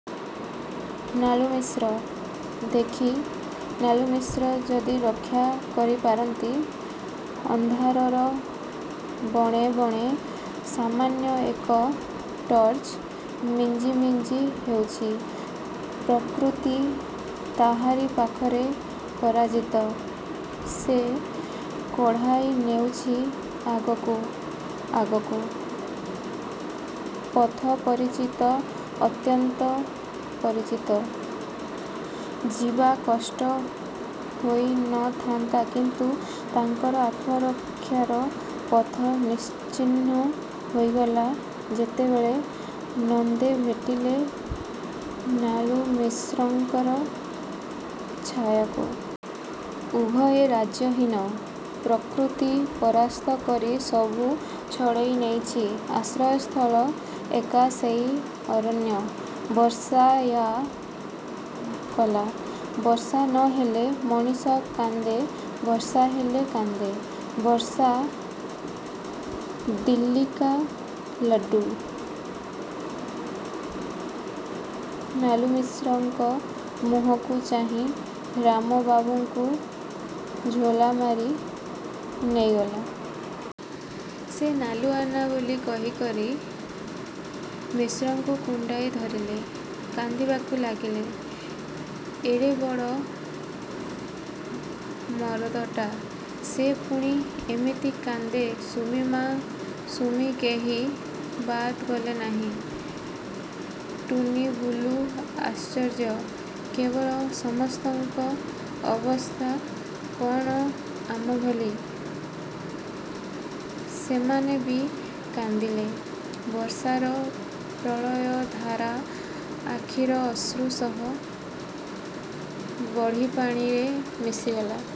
ନାଲୁମିଶ୍ର? ଦେଖି, ନାଲୁମିଶ୍ର ଯଦି ରକ୍ଷା କରିପାରନ୍ତି-। ଅନ୍ଧାରର ବଣେ ବଣେ ସାମାନ୍ୟ ଏକ ଟର୍ଚ୍ଚ ମିଞ୍ଜି ମିଞ୍ଜି ହେଉଛି। ପ୍ରକୃତି ତାହାରି ପାଖରେ ପରାଜିତ। ସେ କଢ଼ାଇନେଉଛି ଆଗକୁ, ଆଗକୁ। ପଥ ପରିଚିତ, ଅତ୍ୟନ୍ତ ପରିଚିତ–ଯିବା କଷ୍ଟ ହୋଇ ନ ଥାନ୍ତା କିନ୍ତୁ, ତାଙ୍କର ଆତ୍ମରକ୍ଷାର ପଥ ନିଶ୍ଚିହ୍ନ ହୋଇଗଲା ଯେତେବେଳେ ନନ୍ଦେ ଭେଟିଲେ ନାଳୁମିଶ୍ରଙ୍କର ଛାୟାକୁ। ଉଭୟେ ରାଜ୍ୟହୀନ; ପ୍ରକୃତି ପରାସ୍ତ କରି ସବୁ ଛଡ଼େଇ ନେଇଚି। ଆଶ୍ରୟସ୍ଥଳ ଏକା ସେଇ ଅରଣ୍ୟ। ବର୍ଷା ୟା' କଲା। ବର୍ଷା ନ ହେଲେ ମଣିଷ କାନ୍ଦେ ବର୍ଷା ହେଲେ କାନ୍ଦେ। ବର୍ଷା ଦିଲ୍ଲିୀକା ଲଡ଼୍ଡ଼ୁ। ନାଲୁମିଶ୍ରଙ୍କ ମୁହଁକୁ ଚାହିଁ ରାମବାବୁଙ୍କୁ ଝୋଲା ମାରି ନେଇଗଲା। ସେ 'ନାଲୁଆନା' ବୋଲି କହି କରି ମିଶ୍ରଙ୍କୁ କୁଣ୍ଢାଇ ଧରିଲେ କାନ୍ଦିବାକୁ ଲାଗିଲେ। ଏଡ଼େ ବଡ଼ ମରଦଟା, ସେ ପୁଣି ଏମିତି କାନ୍ଦେ। ସୁମି-ମା, ସୁମି କେହି ବାଦ୍ ଗଲେ ନାହିଁ; ଟୁନୀ ବୁଲୁ ଆଶ୍ଚର୍ଯ୍ୟ, କେବଳ–ସମସ୍ତଙ୍କ ଅବସ୍ଥା କ'ଣ ଆମ ଭଳି। ସେମାନେ ବି କାନ୍ଦିଲେ–ବର୍ଷାର ପ୍ରଳୟଧାରା ଆଖିର ଅଶ୍ରୁ ସହ ବଢ଼ିପାଣିରେ ମିଶିଗଲା।